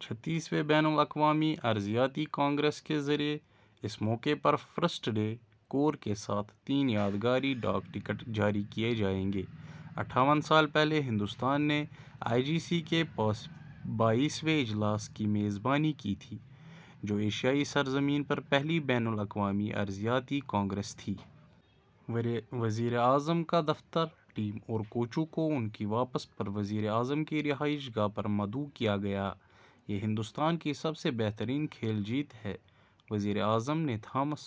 چھتیسویں بین الاقوامی ارضیاتی کانگریس کے ذریعہ اس موقع پر فرسٹ ڈے کور کے ساتھ تین یادگاری ڈاک ٹکٹ جاری کئے جائیں گے۔ اٹھاون سال پہلے ہندوستان نے آئی جی سی کے بائیسویں اجلاس کی میزبانی کی تھی جو ایشیائی سرزمین پر پہلی بین الاقوامی ارضیاتی کانگریس تھی۔ وزیراعظم کا دفتر ٹیم اور کوچوں کو اُن کی واپسی پر وزیر اعظم کی رہائش گاہ پر مدعو کیا گیا یہ ہندوستان کی سب سے بہترین کھیل جیت ہے وزیر اعظم نے تھامس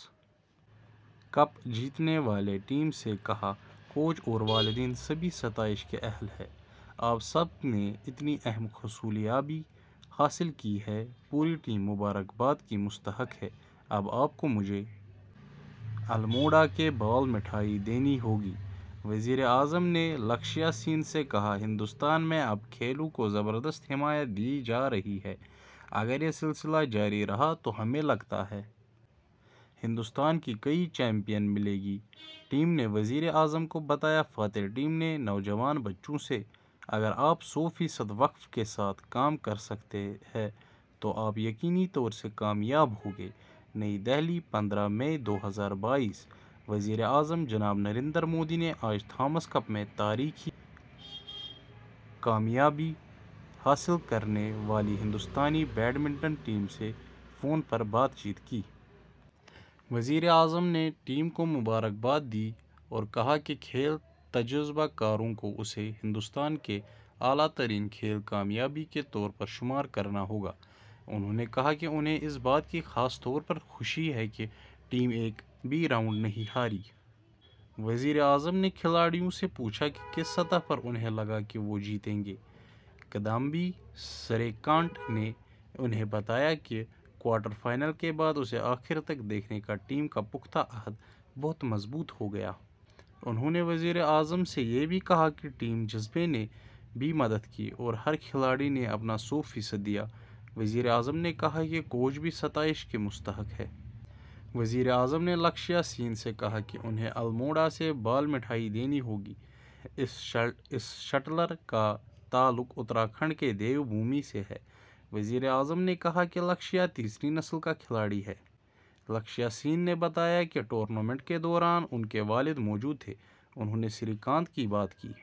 کپ جیتنے والی ٹیم سے کہا کوچ اور والدین سبھی ستائش کے اہل ہیں آپ سب نے اتنی اہم حصولیابی حاصل کی ہے پوری ٹیم مبارکباد کی مستحق ہے اب آپ کو مجھے الموڑا کی بال مٹھائی دینی ہوگی وزیر اعظم نے لکشیہ سین سے کہا ہندوستان میں اب کھیلوں کو زبردست حمایت دی جا رہی ہے اگر یہ سلسلہ جاری رہا تو ہمیں لگتا ہے ہندوستان کو کئی چیمپئن ملیں گے ٹیم نے وزیر اعظم کو بتایا فاتح ٹیم نے نوجوان بچوں سے اگر آپ سو فیصد وقف کے ساتھ کام کرسکتے ہیں تو آپ یقینی طور سے کامیاب ہوں گے نئی دہلی پندرہ مئی دو ہزار بائیس وزیر اعظم جناب نریندر مودی نے آج تھامس کپ میں تاریخی کامیابی حاصل کرنے والی ہندوستانی بیڈ منٹن ٹیم سے فون پر بات چیت کی۔ وزیر اعظم نے ٹیم کو مبارکباد دی اور کہا کہ کھیل تجزیہ کاروں کو اسے ہندوستان کی اعلیٰ ترین کھیل کامیابی کے طور پر شمار کرنا ہوگا۔ انہوں نے کہا کہ انہیں اس بات کی خاص طور پر خوشی ہے کہ ٹیم ایک بھی راؤنڈ نہیں ہاری۔ وزیر اعظم نے کھلاڑیوں سے پوچھا کہ کس سطح پر اُنہیں لگا کہ وہ جیتیں گے۔ کِدامبی سریکانت نے انہیں بتایا کہ کوارٹر فائنل کے بعد اسے آخر تک دیکھنے کا ٹیم کا پختہ عہد بہت مضبوط ہوگیا۔ انہوں نے وزیر اعظم سے یہ بھی کہا کہ ٹیم جذبے نے بھی مدد کی اور ہر کھلاڑی نے اپنا سو فیصد دیا۔ وزیر اعظم نے کہا کہ کوچ بھی ستائش کے مستحق ہیں۔ وزیر اعظم نے لکشیہ سین سے کہا کہ انہیں الموڑا سے بال مٹھائی دینی ہوگی۔ اس شٹلر کا تعلق اتراکھنڈ کے دیو بھومی سے ہے۔ وزیر اعظم نے کہا کہ لکشیہ تیسری نسل کا کھلاڑی ہے۔ لکشیہ سین نے بتایا کہ ٹورنامنٹ کے دوران ان کے والد موجود تھے۔ انہوں نے سری کانت کی بات کی